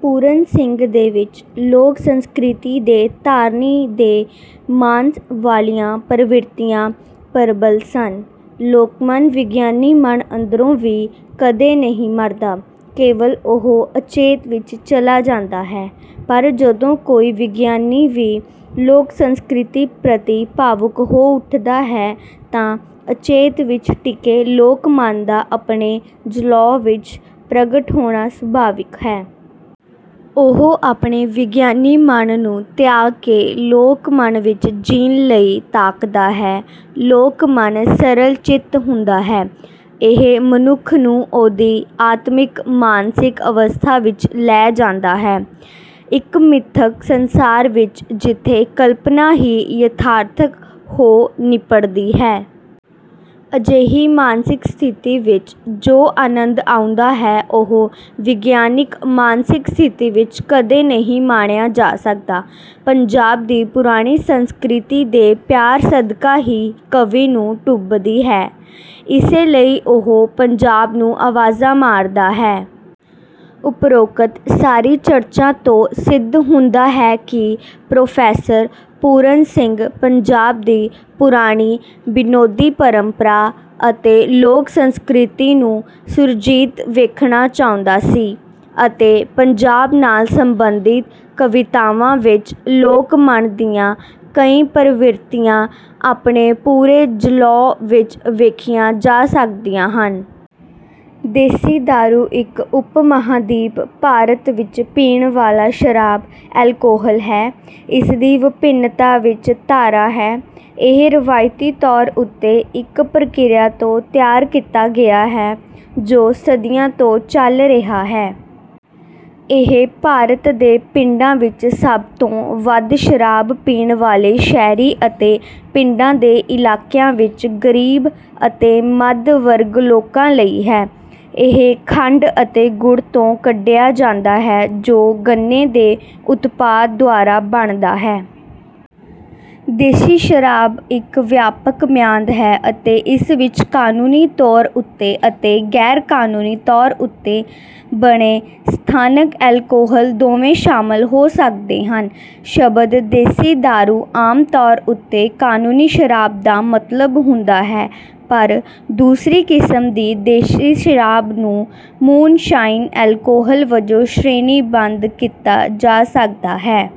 ਪੂਰਨ ਸਿੰਘ ਦੇ ਵਿੱਚ ਲੋਕ ਸੰਸਕ੍ਰਿਤੀ ਦੇ ਧਾਰਨੀ ਦੇ ਮਾਨਸ ਵਾਲੀਆਂ ਪ੍ਰਵਿਰਤੀਆਂ ਪ੍ਰਬਲ ਸਨ। ਲੋਕਮਨ ਵਿਗਿਆਨੀ ਮਨ ਅੰਦਰੋਂ ਵੀ ਕਦੇ ਨਹੀਂ ਮਰਦਾ। ਕੇਵਲ ਉਹ ਅਚੇਤ ਵਿੱਚ ਚਲਾ ਜਾਂਦਾ ਹੈ। ਪਰ ਜਦੋਂ ਕੋਈ ਵਿਗਿਆਨੀ ਵੀ ਲੋਕ ਸੰਸਕ੍ਰਿਤੀ ਪ੍ਰਤੀ ਭਾਵੁਕ ਹੋ ਉਠਦਾ ਹੈ ਤਾਂ ਅਚੇਤ ਵਿੱਚ ਟਿਕੇ ਲੋਕਮਨ ਦਾ ਆਪਣੇ ਜਲੌਅ ਵਿੱਚ ਪ੍ਰਗਟ ਹੋਣਾ ਸੁਭਾਵਿਕ ਹੈ। ਉਹ ਆਪਣੇ ਵਿਗਿਆਨੀ ਮਨ ਨੂੰ ਤਿਆਗ ਕੇ ਲੋਕਮਨ ਵਿੱਚ ਜੀਣ ਲਈ ਤਾਂਘਦਾ ਹੈ। ਲੋਕ ਮਨ ਸਰਲ ਚਿੱਤ ਹੁੰਦਾ ਹੈ। ਇਹ ਮਨੁੱਖ ਨੂੰ ਉਹਦੀ ਆਤਮਿਕ ਮਾਨਸਿਕ ਅਵਸਥਾ ਵਿੱਚ ਲੈ ਜਾਂਦਾ ਹੈ। ਇੱਕ ਮਿੱਥਕ ਸੰਸਾਰ ਵਿੱਚ ਜਿੱਥੇ ਕਲਪਨਾ ਹੀ ਯਥਾਰਥ ਹੋ ਨਿੱਬੜਦੀ ਹੈ। ਅਜਿਹੀ ਮਾਨਸਿਕ ਸਥਿਤੀ ਵਿੱਚ ਜੋ ਆਨੰਦ ਆਉਂਦਾ ਹੈ। ਉਹ ਵਿਗਿਆਨਕ ਮਾਨਸਿਕ ਸਥਿਤੀ ਵਿੱਚ ਕਦੇ ਨਹੀਂ ਮਾਣਿਆ ਜਾ ਸਕਦਾ। ਪੰਜਾਬ ਦੀ ਪੁਰਾਣੀ ਸੰਸਕ੍ਰਿਤੀ ਦੇ ਪਿਆਰ ਸਦਕਾ ਹੀ ਕਵੀ ਨੂੰ ਟੁੰਬਦੀ ਹੈ। ਇਸੇ ਲਈ ਉਹ ਪੰਜਾਬ ਨੂੰ ਆਵਾਜ਼ਾਂ ਮਾਰਦਾ ਹੈ। ਉਪਰੋਕਤ ਸਾਰੀ ਚਰਚਾ ਤੋਂ ਸਿੱਧ ਹੁੰਦਾ ਹੈ ਕਿ ਪ੍ਰੋਫੈਸਰ ਪੂਰਨ ਸਿੰਘ ਪੰਜਾਬ ਦੀ ਪੁਰਾਣੀ ਵਿਨੋਦੀ ਪਰੰਪਰਾ ਅਤੇ ਲੋਕ ਸੰਸਕ੍ਰਿਤੀ ਨੂੰ ਸੁਰਜੀਤ ਵੇਖਣਾ ਚਾਹੁੰਦਾ ਸੀ ਅਤੇ ਪੰਜਾਬ ਨਾਲ ਸੰਬੰਧਿਤ ਕਵਿਤਾਵਾਂ ਵਿੱਚ ਲੋਕਮਨ ਦੀਆਂ ਕਈ ਪ੍ਰਵਿਰਤੀਆਂ ਆਪਣੇ ਪੂਰੇ ਜਲੌਅ ਵਿੱਚ ਵੇਖੀਆਂ ਜਾ ਸਕਦੀਆਂ ਹਨ। ਦੇਸੀ ਦਾਰੂ ਇੱਕ ਉਪ ਮਹਾਂਦੀਪ ਭਾਰਤ ਵਿੱਚ ਪੀਣ ਵਾਲਾ ਸ਼ਰਾਬ ਅਲਕੋਹਲ ਹੈ, ਇਸਦੀ ਵਿਭਿੰਨਤਾ ਵਿੱਚ ਥਾਰਾ ਹੈ। ਇਹ ਰਵਾਇਤੀ ਤੌਰ ਉੱਤੇ ਇੱਕ ਪ੍ਰਕਿਰਿਆ ਤੋਂ ਤਿਆਰ ਕੀਤਾ ਗਿਆ ਹੈ ਜੋ ਸਦੀਆਂ ਤੋਂ ਚਲ ਰਿਹਾ ਹੈ। ਇਹ ਭਾਰਤ ਦੇ ਪਿੰਡਾਂ ਵਿੱਚ ਸਭ ਤੋਂ ਵੱਧ ਸ਼ਰਾਬ ਪੀਣ ਵਾਲੇ ਸ਼ਹਿਰੀ ਅਤੇ ਪਿੰਡਾਂ ਦੇ ਇਲਾਕਿਆਂ ਵਿੱਚ ਗਰੀਬ ਅਤੇ ਮੱਧ ਵਰਗ ਲੋਕਾਂ ਲਈ ਹੈ। ਇਹ ਖੰਡ ਅਤੇ ਗੁੜ ਤੋਂ ਕੱਢਿਆ ਜਾਂਦਾ ਹੈ ਜੋ ਗੰਨੇ ਦੇ ਉਤਪਾਦ ਦੁਆਰਾ ਬਣਦਾ ਹੈ। ਦੇਸੀ ਸ਼ਰਾਬ ਇੱਕ ਵਿਆਪਕ ਮਿਆਦ ਹੈ ਅਤੇ ਇਸ ਵਿੱਚ ਕਾਨੂੰਨੀ ਤੌਰ ਉੱਤੇ ਅਤੇ ਗੈਰਕਾਨੂੰਨੀ ਤੌਰ ਉੱਤੇ ਬਣੇ ਸਥਾਨਕ ਅਲਕੋਹਲ ਦੋਵੇਂ ਸ਼ਾਮਲ ਹੋ ਸਕਦੇ ਹਨ। ਸ਼ਬਦ ਦੇਸੀ ਦਾਰੂ ਆਮ ਤੌਰ ਉੱਤੇ ਕਾਨੂੰਨੀ ਸ਼ਰਾਬ ਦਾ ਮਤਲਬ ਹੁੰਦਾ ਹੈ ਪਰ ਦੂਸਰੀ ਕਿਸਮ ਦੀ ਦੇਸੀ ਸ਼ਰਾਬ ਨੂੰ ਮੂਨਸ਼ਾਈਨ ਅਲਕੋਹਲ ਵਜੋਂ ਸ਼੍ਰੇਣੀਬੱਧ ਕੀਤਾ ਜਾ ਸਕਦਾ ਹੈ।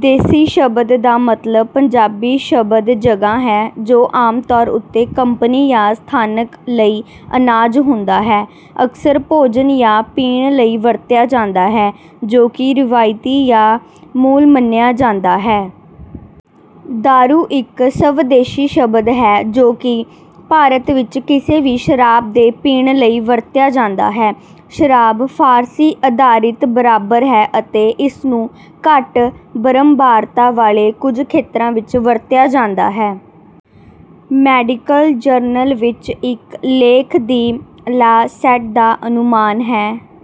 ਦੇਸੀ ਸ਼ਬਦ ਦਾ ਮਤਲਬ ਪੰਜਾਬੀ ਸ਼ਬਦ ਜਗ੍ਹਾ ਹੈ, ਜੋ ਆਮ ਤੌਰ ਉੱਤੇ ਕੰਪਨੀ ਜਾਂ ਸਥਾਨਕ ਲਈ ਅਨਾਜ ਹੁੰਦਾ ਹੈ। ਅਕਸਰ ਭੋਜਨ ਜਾਂ ਪੀਣ ਲਈ ਵਰਤਿਆ ਜਾਂਦਾ ਹੈ ਜੋ ਕਿ ਰਵਾਇਤੀ ਜਾਂ ਮੂਲ ਮੰਨਿਆ ਜਾਂਦਾ ਹੈ। ਦਾਰੂ ਇੱਕ ਸਵਦੇਸ਼ੀ ਸ਼ਬਦ ਹੈ ਜੋ ਕਿ ਭਾਰਤ ਵਿੱਚ ਕਿਸੇ ਵੀ ਸ਼ਰਾਬ ਦੇ ਪੀਣ ਲਈ ਵਰਤਿਆ ਜਾਂਦਾ ਹੈ। ਸ਼ਰਾਬ ਫ਼ਾਰਸੀ ਆਧਾਰਿਤ ਬਰਾਬਰ ਹੈ ਅਤੇ ਇਸ ਨੂੰ ਘੱਟ ਬਾਰੰਬਾਰਤਾ ਵਾਲੇ ਕੁਝ ਖੇਤਰਾਂ ਵਿੱਚ ਵਰਤਿਆ ਜਾਂਦਾ ਹੈ। ਮੈਡੀਕਲ ਜਰਨਲ ਵਿੱਚ ਇੱਕ ਲੇਖ ਦਿ ਲਾਂਸੈਟ ਦਾ ਅਨੁਮਾਨ ਹੈ